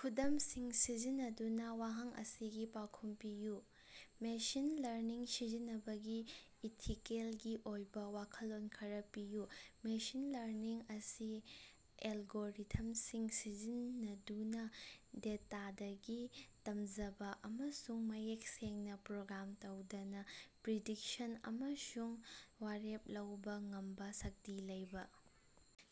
ꯈꯨꯗꯝꯁꯤꯡ ꯁꯤꯖꯤꯟꯅꯗꯨꯅꯥ ꯋꯥꯍꯪ ꯑꯁꯤꯒꯤ ꯄꯥꯎꯈꯨꯝ ꯄꯤꯌꯨ꯫ ꯃꯦꯁꯤꯟ ꯂꯔꯅꯤꯡ ꯁꯤꯖꯤꯟꯅꯕꯒꯤ ꯏꯊꯤꯀꯦꯜꯒꯤ ꯑꯣꯏꯕꯥ ꯋꯥꯈꯜꯂꯣꯟ ꯈꯔꯥ ꯄꯤꯌꯨ꯫ ꯃꯦꯁꯤꯟ ꯂꯔꯅꯤꯡ ꯑꯁꯤ ꯑꯦꯜꯒꯣꯔꯤꯊꯝꯁꯤꯡ ꯁꯤꯖꯤꯟꯅꯗꯨꯅꯥ ꯗꯦꯇꯥꯗꯒꯤ ꯇꯝꯖꯕꯥ ꯑꯃꯁꯨꯡ ꯃꯌꯦꯛ ꯁꯦꯡꯅꯥ ꯄ꯭ꯔꯣꯒ꯭ꯔꯥꯝ ꯇꯧꯗꯅꯥ ꯄ꯭ꯔꯤꯗꯤꯛꯁꯟ ꯑꯃꯁꯨꯡ ꯋꯥꯔꯦꯞ ꯂꯧꯕꯥ ꯉꯝꯕꯥ ꯁꯛꯇꯤ ꯂꯩꯕꯥ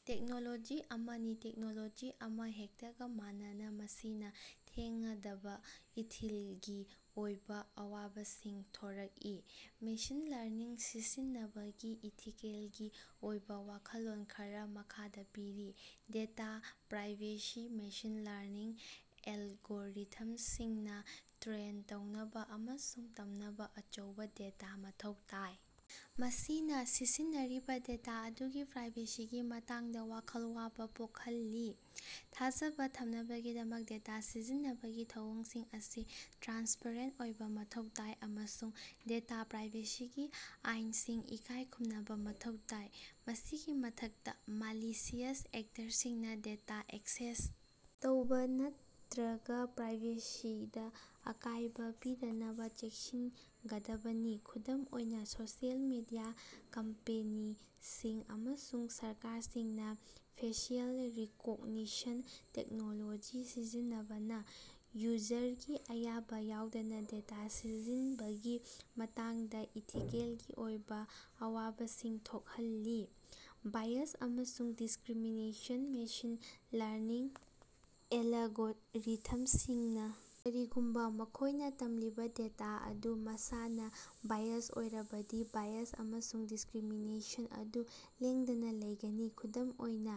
ꯇꯦꯛꯅꯣꯂꯣꯖꯤ ꯑꯃꯅꯤ꯫ ꯇꯦꯛꯅꯣꯂꯣꯖꯤ ꯑꯃꯍꯦꯛꯇꯒꯥ ꯃꯥꯟꯅꯅꯥ, ꯃꯁꯤꯅꯥ ꯊꯦꯡꯉꯗꯕꯥ ꯏꯊꯤꯜꯒꯤ ꯑꯣꯏꯕꯥ ꯑꯋꯥꯕꯁꯤꯡ ꯊꯣꯔꯀꯏ꯫ ꯃꯦꯁꯤꯟ ꯂꯔꯅꯤꯡ ꯁꯤꯁꯤꯟꯅꯕꯒꯤ ꯏꯊꯤꯀꯦꯜꯒꯤ ꯑꯣꯏꯕꯥ ꯋꯥꯈꯜꯂꯣꯟ ꯈꯔꯥ ꯃꯈꯥꯗꯥ ꯄꯤꯔꯤ: ꯗꯦꯇꯥ ꯄ꯭ꯔꯥꯏꯚꯦꯁꯤ: ꯃꯦꯁꯤꯟ ꯂꯔꯅꯤꯡ ꯑꯦꯜꯒꯣꯔꯤꯊꯝꯁꯤꯡꯅꯥ ꯇ꯭ꯔꯦꯟ ꯇꯧꯅꯕꯥ ꯑꯃꯁꯨꯡ ꯇꯝꯅꯕꯥ ꯑꯆꯧꯕꯥ ꯗꯦꯇꯥ ꯃꯊꯧ ꯇꯥꯏ, ꯃꯁꯤꯅꯥ ꯁꯤꯁꯤꯟꯅꯔꯤꯕꯥ ꯗꯦꯇꯥ ꯑꯗꯨꯒꯤ ꯄ꯭ꯔꯥꯏꯚꯦꯁꯤꯒꯤ ꯃꯇꯥꯡꯗꯥ ꯋꯥꯈꯜ ꯋꯥꯕꯥ ꯄꯣꯈꯜꯂꯤ꯫ ꯊꯥꯖꯕꯥ ꯊꯝꯅꯕꯒꯤꯗꯃꯛ ꯗꯦꯇꯥ ꯁꯤꯖꯤꯟꯅꯕꯒꯤ ꯊꯧꯑꯣꯡꯁꯤꯡ ꯑꯁꯤ ꯇ꯭ꯔꯥꯟꯁꯄꯔꯦꯟꯇ ꯑꯣꯏꯕꯥ ꯃꯊꯧ ꯇꯥꯏ, ꯑꯃꯁꯨꯡ ꯗꯦꯇꯥ ꯄ꯭ꯔꯥꯏꯚꯦꯁꯤꯒꯤ ꯑꯥꯏꯟꯁꯤꯡ ꯏꯀꯥꯏ ꯈꯨꯝꯅꯕꯥ ꯃꯊꯧ ꯇꯥꯏ꯫ ꯃꯁꯤꯒꯤ ꯃꯊꯛꯇꯥ, ꯃꯥꯂꯤꯁꯤꯌꯁ ꯑꯦꯛꯇꯔꯁꯤꯡꯅꯥ ꯗꯦꯇꯥ ꯑꯦꯛꯁꯦꯁ ꯇꯧꯕꯥ ꯅꯠꯇ꯭ꯔꯒꯥ ꯄ꯭ꯔꯥꯏꯚꯦꯁꯤꯗꯥ ꯑꯀꯥꯏꯕꯥ ꯄꯤꯗꯅꯕꯥ ꯆꯦꯛꯁꯤꯒꯗꯕꯅꯤ꯫ ꯈꯨꯗꯝ ꯑꯣꯏꯅꯥ, ꯁꯣꯁꯤꯑꯦꯜ ꯃꯤꯗꯤꯌꯥ ꯀꯝꯄꯅꯤꯁꯤꯡ ꯑꯃꯁꯨꯡ ꯁꯔꯀꯥꯔꯁꯤꯡꯅꯥ ꯐꯦꯁꯤꯑꯦꯜ ꯔꯤꯀꯣꯒꯅꯤꯁꯟ ꯇꯦꯛꯅꯣꯂꯣꯖꯤ ꯁꯤꯖꯤꯟꯅꯕꯅꯥ ꯌꯨꯖꯔꯒꯤ ꯑꯌꯥꯕꯥ ꯌꯥꯎꯗꯅꯥ ꯗꯦꯇꯥ ꯁꯤꯖꯤꯟꯕꯒꯤ ꯃꯇꯥꯡꯗꯥ ꯏꯊꯤꯀꯦꯜꯒꯤ ꯑꯣꯏꯕꯥ ꯑꯋꯥꯕꯁꯤꯡ ꯊꯣꯈꯜꯂꯤ꯫ ꯕꯥꯏꯌꯁ ꯑꯃꯁꯨꯡ ꯗꯤꯁꯀ꯭ꯔꯤꯃꯤꯅꯦꯁꯟ: ꯃꯦꯁꯤꯟ ꯂꯔꯅꯤꯡ ꯑꯦꯂꯒꯣꯔꯤꯊꯝꯁꯤꯡꯅꯥ ꯀꯔꯤꯒꯨꯝꯕꯥ ꯃꯈꯣꯏꯅꯥ ꯇꯝꯂꯤꯕꯥ ꯗꯦꯇꯥ ꯑꯗꯨ ꯃꯁꯥꯅꯥ ꯕꯥꯏꯌꯖ ꯑꯣꯏꯔꯕꯗꯤ ꯕꯥꯏꯌꯁ ꯑꯃꯁꯨꯡ ꯗꯤꯁꯀ꯭ꯔꯤꯃꯤꯅꯦꯁꯟ ꯑꯗꯨ ꯂꯦꯡꯗꯅꯥ ꯂꯩꯒꯅꯤ꯫ ꯈꯨꯗꯝ ꯑꯣꯏꯅꯥ,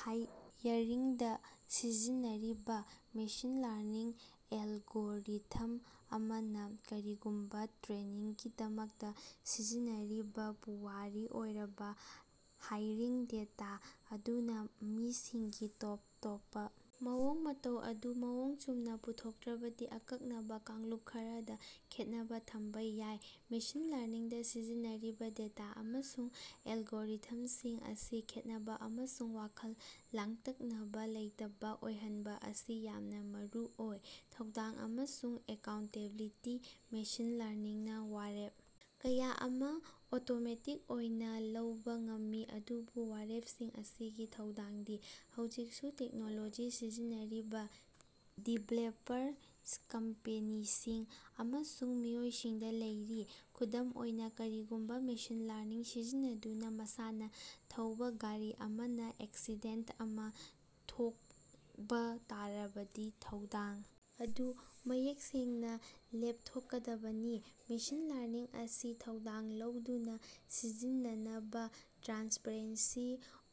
ꯍꯥꯏꯌ꯭ꯔꯤꯡꯗꯥ ꯁꯤꯖꯤꯟꯅꯔꯤꯕꯥ ꯃꯦꯁꯤꯟ ꯂꯔꯅꯤꯡ ꯑꯦꯜꯒꯣꯔꯤꯊꯝ ꯑꯃꯅꯥ ꯀꯔꯤꯒꯨꯝꯕꯥ ꯇ꯭ꯔꯦꯅꯤꯡꯒꯤꯗꯃꯛꯇꯥ ꯁꯤꯖꯤꯟꯅꯔꯤꯕꯥ ꯄꯨꯋꯥꯔꯤ ꯑꯣꯏꯔꯕꯥ ꯍꯥꯏꯔꯤꯡ ꯗꯦꯇꯥ ꯑꯗꯨꯅꯥ ꯃꯤꯁꯤꯡꯒꯤ ꯇꯣꯞ ꯇꯣꯞꯄꯥ ꯃꯑꯣꯡ-ꯃꯇꯧ ꯑꯗꯨ ꯃꯑꯣꯡ ꯆꯨꯝꯅꯥ ꯄꯨꯊꯣꯛꯇ꯭ꯔꯕꯗꯤ ꯑꯀꯛꯅꯕꯥ ꯀꯥꯡꯂꯨꯞ ꯈꯔꯗꯥ ꯈꯦꯠꯅꯕꯥ ꯊꯃꯕꯥ ꯌꯥꯏ꯫ ꯃꯦꯁꯤꯟ ꯂꯔꯅꯤꯡꯗꯥ ꯁꯤꯖꯤꯟꯅꯔꯤꯕꯥ ꯗꯦꯇꯥ ꯑꯃꯁꯨꯡ ꯑꯦꯜꯒꯣꯔꯤꯊꯝꯁꯤꯡ ꯑꯁꯤ ꯈꯦꯠꯅꯕꯥ ꯑꯃꯁꯨꯡ ꯋꯥꯈꯜ ꯂꯥꯡꯇꯛꯅꯕꯥ ꯂꯩꯇꯕꯥ ꯑꯣꯏꯍꯟꯕꯥ ꯑꯁꯤ ꯌꯥꯝꯅꯥ ꯃꯔꯨꯑꯣꯏ꯫ ꯊꯧꯗꯥꯡ ꯑꯃꯁꯨꯡ ꯑꯦꯀꯥꯎꯟꯇꯦꯕꯤꯂꯤꯇꯤ: ꯃꯦꯁꯤꯟ ꯂꯔꯅꯤꯡꯅꯥ ꯋꯥꯔꯦꯞ ꯀꯌꯥ ꯑꯃꯥ ꯑꯣꯇꯣꯃꯦꯇꯤꯛ ꯑꯣꯏꯅꯥ ꯂꯧꯕꯥ ꯉꯝꯃꯤ, ꯑꯗꯨꯕꯨ ꯋꯥꯔꯦꯄꯁꯤꯡ ꯑꯁꯤꯒꯤ ꯊꯧꯗꯥꯡꯗꯤ ꯍꯧꯖꯤꯛꯁꯨ ꯇꯦꯛꯅꯣꯂꯣꯖꯤ ꯁꯤꯖꯤꯟꯅꯔꯤꯕꯥ ꯗꯤꯕꯦꯂꯄꯔꯁꯤꯡ, ꯀꯝꯄꯦꯅꯤꯁꯤꯡ ꯑꯃꯁꯨꯡ ꯃꯤꯑꯣꯏꯁꯤꯡꯗꯥ ꯂꯩꯔꯤ꯫ ꯈꯨꯗꯝ ꯑꯣꯏꯅꯥ, ꯀꯔꯤꯒꯨꯝꯕꯥ ꯃꯦꯁꯤꯟ ꯂꯔꯅꯤꯡ ꯁꯤꯖꯤꯟꯅꯗꯨꯅꯥ ꯃꯁꯥꯅꯥ ꯊꯧꯕꯥ ꯒꯥꯔꯤ ꯑꯃꯅꯥ ꯑꯦꯛꯁꯤꯗꯦꯟꯇ ꯑꯃꯥ ꯊꯣꯛꯕꯥ ꯇꯥꯔꯕꯗꯤ, ꯊꯧꯗꯥꯡ ꯑꯗꯨ ꯃꯌꯦꯛ ꯁꯦꯡꯅꯥ ꯂꯦꯞꯊꯣꯛꯀꯗꯕꯅꯤ꯫ ꯃꯦꯁꯤꯟ ꯂꯔꯅꯤꯡ ꯑꯁꯤ ꯊꯧꯗꯥꯡ ꯂꯧꯗꯨꯅꯥ ꯁꯤꯖꯤꯟꯅꯅꯕꯥ ꯇ꯭ꯔꯥꯟꯁꯄ꯭ꯔꯦꯟꯁꯤ,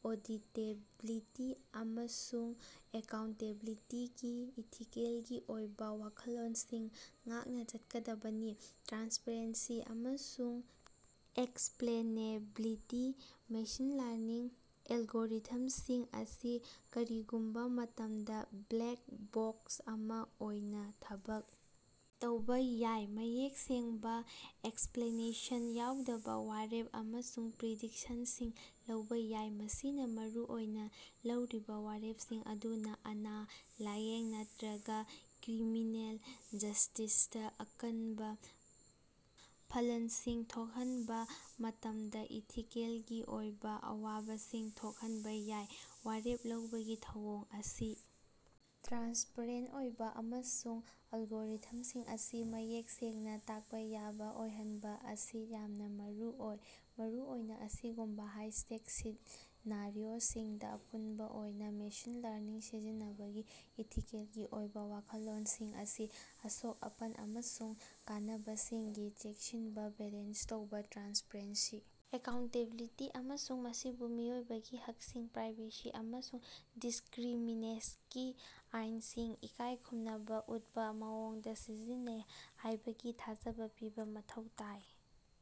ꯑꯣꯗꯤꯇꯦꯕꯤꯂꯤꯇꯤ, ꯑꯃꯁꯨꯡ ꯑꯦꯀꯥꯎꯟꯇꯦꯕꯤꯂꯤꯇꯤꯒꯤ ꯏꯊꯤꯀꯦꯜꯒꯤ ꯑꯣꯏꯕꯥ ꯋꯥꯈꯜꯂꯣꯟꯁꯤꯡ ꯉꯥꯛꯅꯥ ꯆꯠꯀꯗꯕꯅꯤ꯫ ꯇ꯭ꯔꯥꯟꯁꯄꯔꯦꯟꯁꯤ ꯑꯃꯁꯨꯡ ꯑꯦꯛꯁꯄ꯭ꯂꯦꯅꯦꯕꯤꯂꯤꯇꯤ: ꯃꯦꯁꯤꯟ ꯂꯔꯅꯤꯡ ꯑꯦꯂꯒꯣꯔꯤꯊꯃꯁꯤꯡ ꯑꯁꯤ ꯀꯔꯤꯒꯨꯝꯕꯥ ꯃꯇꯝꯗꯥ "ꯕ꯭ꯂꯦꯛ ꯕꯣꯛꯁ" ꯑꯃ ꯑꯣꯏꯅꯥ ꯊꯕꯛ ꯇꯧꯕꯥ ꯌꯥꯏ, ꯃꯌꯦꯛ ꯁꯦꯡꯕꯥ ꯑꯦꯛꯁꯄ꯭ꯂꯦꯅꯦꯁꯟ ꯌꯥꯎꯗꯅꯥ ꯋꯥꯔꯦꯞ ꯑꯃꯁꯨꯡ ꯄ꯭ꯔꯤꯗꯤꯛꯁꯟꯁꯤꯡ ꯂꯧꯕꯥ ꯌꯥꯏ꯫ ꯃꯁꯤꯅꯥ ꯃꯔꯨꯑꯣꯏꯅꯥ ꯂꯧꯔꯤꯕꯥ ꯋꯥꯔꯦꯞꯁꯤꯡ ꯑꯗꯨꯅꯥ ꯑꯅ-ꯂꯥꯏꯌꯦꯡ ꯅꯠꯇ꯭ꯔꯒꯥ ꯀ꯭ꯔꯤꯃꯤꯅꯦꯜ ꯖꯁ꯭ꯇꯤꯁꯇꯥ ꯑꯀꯟꯕꯥ ꯐꯂꯜꯁꯤꯡ ꯊꯣꯛꯍꯟꯕꯥ ꯃꯇꯝꯗꯥ ꯏꯊꯤꯀꯦꯜꯒꯤ ꯑꯣꯏꯕꯥ ꯑꯋꯥꯕꯁꯤꯡ ꯊꯣꯛꯍꯟꯕꯥ ꯌꯥꯏ꯫ ꯋꯥꯔꯦꯞ ꯂꯧꯕꯒꯤ ꯊꯧꯑꯣꯡ ꯑꯁꯤ ꯇ꯭ꯔꯥꯟꯁꯄ꯭ꯔꯦꯟꯇ ꯑꯣꯏꯕꯥ ꯑꯃꯁꯨꯡ ꯑꯦꯂꯒꯣꯔꯤꯊꯝꯁꯤꯡ ꯑꯁꯤ ꯃꯌꯦꯛ ꯁꯦꯡꯅꯥ ꯇꯥꯛꯄꯥ ꯌꯥꯕꯥ ꯑꯣꯏꯍꯟꯕꯥ ꯑꯁꯤ ꯌꯥꯝꯅꯥ ꯃꯔꯨꯑꯣꯏ, ꯃꯔꯨꯑꯣꯏꯅꯥ ꯑꯁꯤꯒꯨꯝꯕꯥ ꯍꯥꯏ-ꯁ꯭ꯇꯦꯛ ꯁꯤꯅꯥꯔꯤꯑꯣꯁꯤꯡꯗꯥ꯫ ꯑꯄꯨꯟꯕꯥ ꯑꯣꯏꯅꯥ, ꯃꯦꯁꯤꯟ ꯂꯔꯅꯤꯡ ꯁꯤꯖꯤꯟꯅꯕꯒꯤ ꯏꯊꯤꯀꯦꯜꯒꯤ ꯑꯣꯏꯕꯥ ꯋꯥꯈꯜꯂꯣꯅꯁꯤꯡ ꯑꯁꯤ ꯑꯁꯣꯛ-ꯑꯄꯟ ꯑꯃꯁꯨꯡ ꯀꯥꯟꯅꯕꯁꯤꯡꯒꯤ ꯆꯦꯛꯁꯤꯟꯅꯥ ꯕꯦꯂꯦꯟꯁ ꯇꯧꯕꯥ, ꯇ꯭ꯔꯥꯟꯁꯄ꯭ꯔꯦꯟꯁꯤ, ꯑꯦꯀꯥꯎꯟꯇꯦꯕꯤꯂꯤꯇꯤ, ꯑꯃꯁꯨꯡ ꯃꯁꯤꯕꯨ ꯃꯤꯑꯣꯏꯕꯒꯤ ꯍꯛꯁꯤꯡ, ꯄ꯭ꯔꯥꯏꯚꯦꯁꯤ ꯑꯃꯁꯨꯡ ꯗꯤꯁꯀ꯭ꯔꯤꯃꯤꯅꯦꯁꯒꯤ ꯑꯥꯏꯟꯁꯤꯡ ꯏꯀꯥꯏꯈꯨꯝꯅꯕꯥ ꯑꯨꯠꯄꯥ ꯃꯑꯣꯡꯗꯥ ꯁꯤꯖꯤꯟꯅꯩ ꯍꯥꯏꯕꯒꯤ ꯊꯥꯖꯕꯥ ꯄꯤꯕꯥ ꯃꯊꯧ ꯇꯥꯏ꯫